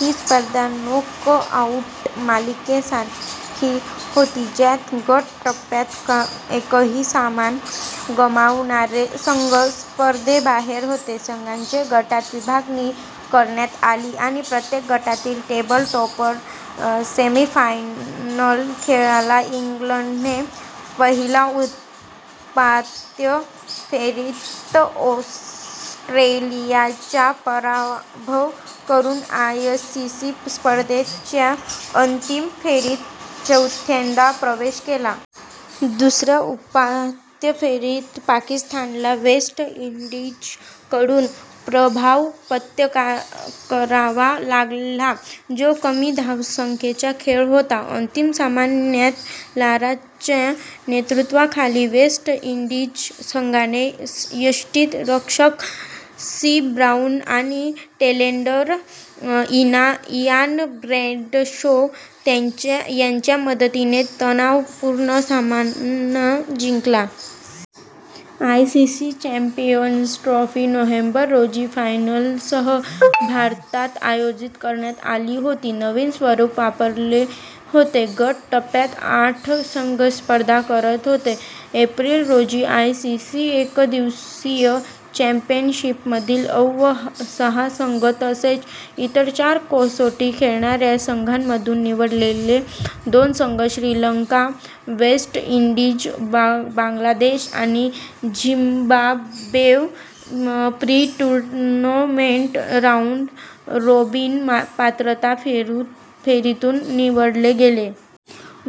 ही स्पर्धा नॉकआऊट मालिकेसारखी होती ज्यात गट टप्प्यात एकही सामना गमावणारे संघ स्पर्धेबाहेर होते. संघांची गटात विभागणी करण्यात आली आणि प्रत्येक गटातील टेबल टॉपर सेमीफायनल खेळला. इंग्लंडने पहिल्या उपांत्य फेरीत ऑस्ट्रेलियाचा पराभव करून आयसीसी स्पर्धेच्या अंतिम फेरीत चौथ्यांदा प्रवेश केला. दुसऱ्या उपांत्य फेरीत पाकिस्तानला वेस्ट इंडीजकडून पराभव पत्करावा लागला, जो कमी धावसंख्येचा खेळ होता. अंतिम सामन्यात लाराच्या नेतृत्वाखाली वेस्ट इंडीज संघाने यष्टिरक्षक सी ब्राउन आणि टेलेंडर इयान ब्रॅडशॉ यांच्या मदतीने तणावपूर्ण सामना जिंकला. आयसीसी चॅम्पियन्स ट्रॉफी नोव्हेंबर रोजी फायनलसह भारतात आयोजित करण्यात आली होती. नवीन स्वरूप वापरले होते. गट टप्प्यात आठ संघ स्पर्धा करत होते: एप्रिल रोजी आयसीसी एकदिवसीय चॅम्पियनशिपमधील अव्वल सहा संघ, तसेच इतर चार कसोटी खेळणाऱ्या संघांमधून निवडलेले दोन संघ श्रीलंका, वेस्ट इंडीज, बांगलादेश आणि झिम्बाब्वे, प्री-टूर्नामेंट राऊंड रॉबिन पात्रता फेरीतून निवडले गेले.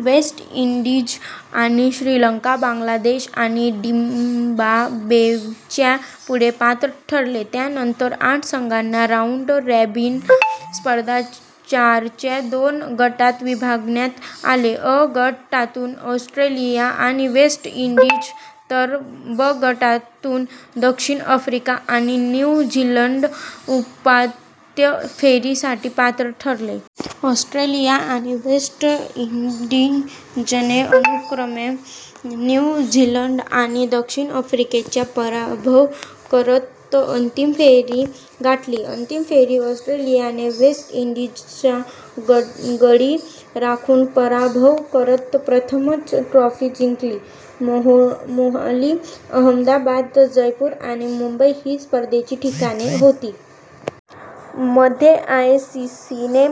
वेस्ट इंडीज आणि श्रीलंका बांगलादेश आणि झिम्बाब्वेच्या पुढे पात्र ठरले. त्यानंतर आठ संघांना राऊंड रॉबिन स्पर्धेत चारच्या दोन गटात विभागण्यात आले. अ गटातून ऑस्ट्रेलिया आणि वेस्ट इंडीज, तर ब गटातून दक्षिण आफ्रिका आणि न्यू झीलंड उपांत्य फेरीसाठी पात्र ठरले. ऑस्ट्रेलिया आणि वेस्ट इंडीजने अनुक्रमे न्यू झीलंड आणि दक्षिण आफ्रिकेचा पराभव करत अंतिम फेरी गाठली. अंतिम फेरीत ऑस्ट्रेलियाने वेस्ट इंडीजचा गडी राखून पराभव करत प्रथमच ट्रॉफी जिंकली. मोहाली, अहमदाबाद, जयपूर आणि मुंबई ही स्पर्धेची ठिकाणे होती. मध्ये, आयसीसीने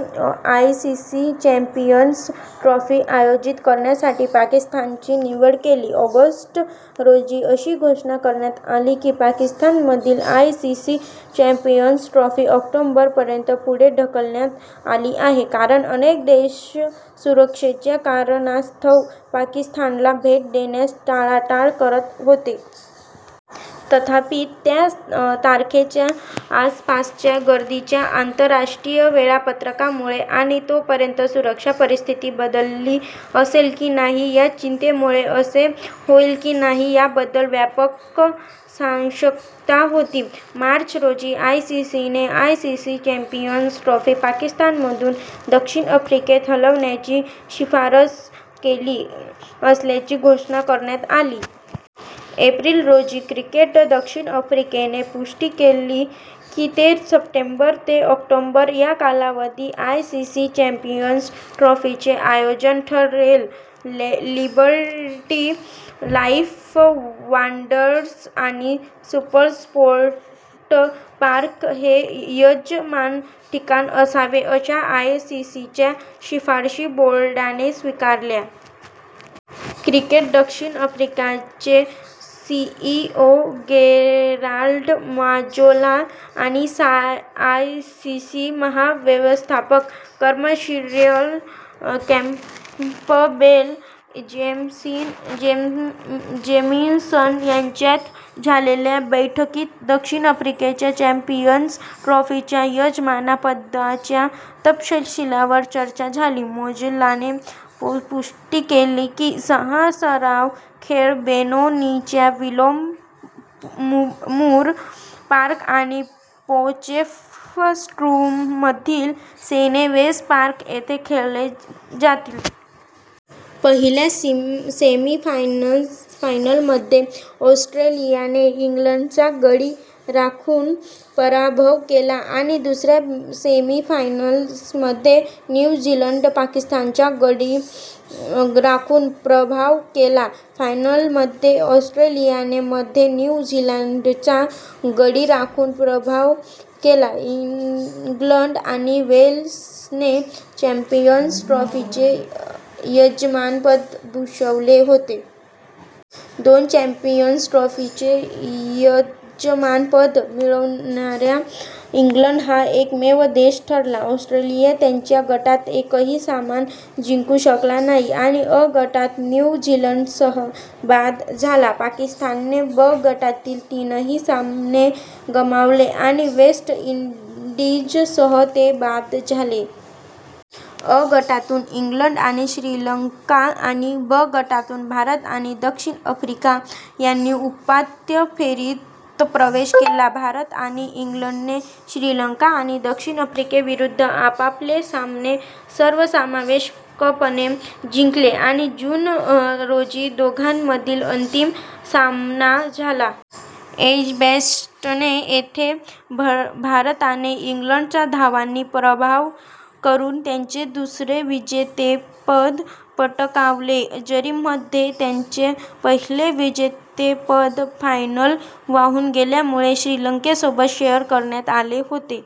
आयसीसी चॅम्पियन्स ट्रॉफी आयोजित करण्यासाठी पाकिस्तानची निवड केली. ऑगस्ट रोजी अशी घोषणा करण्यात आली की पाकिस्तानमधील आयसीसी चॅम्पियन्स ट्रॉफी ऑक्टोबर पर्यंत पुढे ढकलण्यात आली आहे कारण अनेक देश सुरक्षेच्या कारणास्तव पाकिस्तानला भेट देण्यास टाळाटाळ करत होते. तथापि, त्या तारखेच्या आसपासच्या गर्दीच्या आंतरराष्ट्रीय वेळापत्रकामुळे आणि तोपर्यंत सुरक्षा परिस्थिती बदलली असेल की नाही या चिंतेमुळे, असे होईल की नाही याबद्दल व्यापक साशंकता होती. मार्च रोजी, आयसीसीने आयसीसी चॅम्पियन्स ट्रॉफी पाकिस्तानमधून दक्षिण आफ्रिकेत हलवण्याची शिफारस केली असल्याची घोषणा करण्यात आली. एप्रिल रोजी, क्रिकेट दक्षिण आफ्रिकेने पुष्टी केली की ते सप्टेंबर ते ऑक्टोबर या कालावधीत आयसीसी चॅम्पियन्स ट्रॉफीचे आयोजन करेल. लिबर्टी लाइफ वांडरर्स आणि सुपरस्पोर्ट पार्क हे यजमान ठिकाण असावेत अशा आयसीसीच्या शिफारशी बोर्डाने स्वीकारल्या. क्रिकेट दक्षिण आफ्रिकाचे सीईओ गेराल्ड माजोला आणि आयसीसी महाव्यवस्थापक – कमर्शियल, कॅम्पबेल जेमिसन यांच्यात झालेल्या बैठकीत दक्षिण आफ्रिकेच्या चॅम्पियन्स ट्रॉफीच्या यजमानपदाच्या तपशीलावर चर्चा झाली. मजोलाने पुष्टी केली की सहा सराव खेळ बेनोनीच्या विलोमूर पार्क आणि पॉचेफस्ट्रूममधील सेनवेस पार्क येथे खेळले जातील. पहिल्या सेमीफायनलमध्ये ऑस्ट्रेलियाने इंग्लंडचा गडी राखून पराभव केला आणि दुसऱ्या सेमीफायनलमध्ये न्यू झीलंडने पाकिस्तानचा गडी राखून पराभव केला, फायनलमध्ये ऑस्ट्रेलियाने मध्ये न्यू झीलंडचा गडी राखून पराभव केला. इंग्लंड आणि वेल्सने चॅम्पियन्स ट्रॉफीचे यजमानपद भूषवले होते. दोनदा चॅम्पियन्स ट्रॉफीचे यजमानपद मिळवणारा इंग्लंड हा एकमेव देश ठरला. ऑस्ट्रेलिया त्यांच्या गटात एकही सामना जिंकू शकला नाही आणि अ गटात न्यू झीलंडसह बाद झाला. पाकिस्तानने ब गटातील तीनही सामने गमावले आणि वेस्ट इंडीजसह ते बाद झाले. अ गटातून इंग्लंड आणि श्रीलंका आणि ब गटातून भारत आणि दक्षिण आफ्रिका यांनी उपांत्य फेरीत प्रवेश केला. भारत आणि इंग्लंडने श्रीलंका आणि दक्षिण आफ्रिकेविरुद्ध आपापले सामने सर्वसमावेशकपणे जिंकले आणि जून रोजी दोघांमधील अंतिम सामना झाला. एजबॅस्टन येथे भारताने इंग्लंडचा धावांनी पराभव करून त्यांचे दुसरे विजेतेपद पटकावले, जरी मध्ये त्यांचे पहिले विजेतेपद फायनल वाहून गेल्यामुळे श्रीलंकेसोबत शेअर करण्यात आले होते.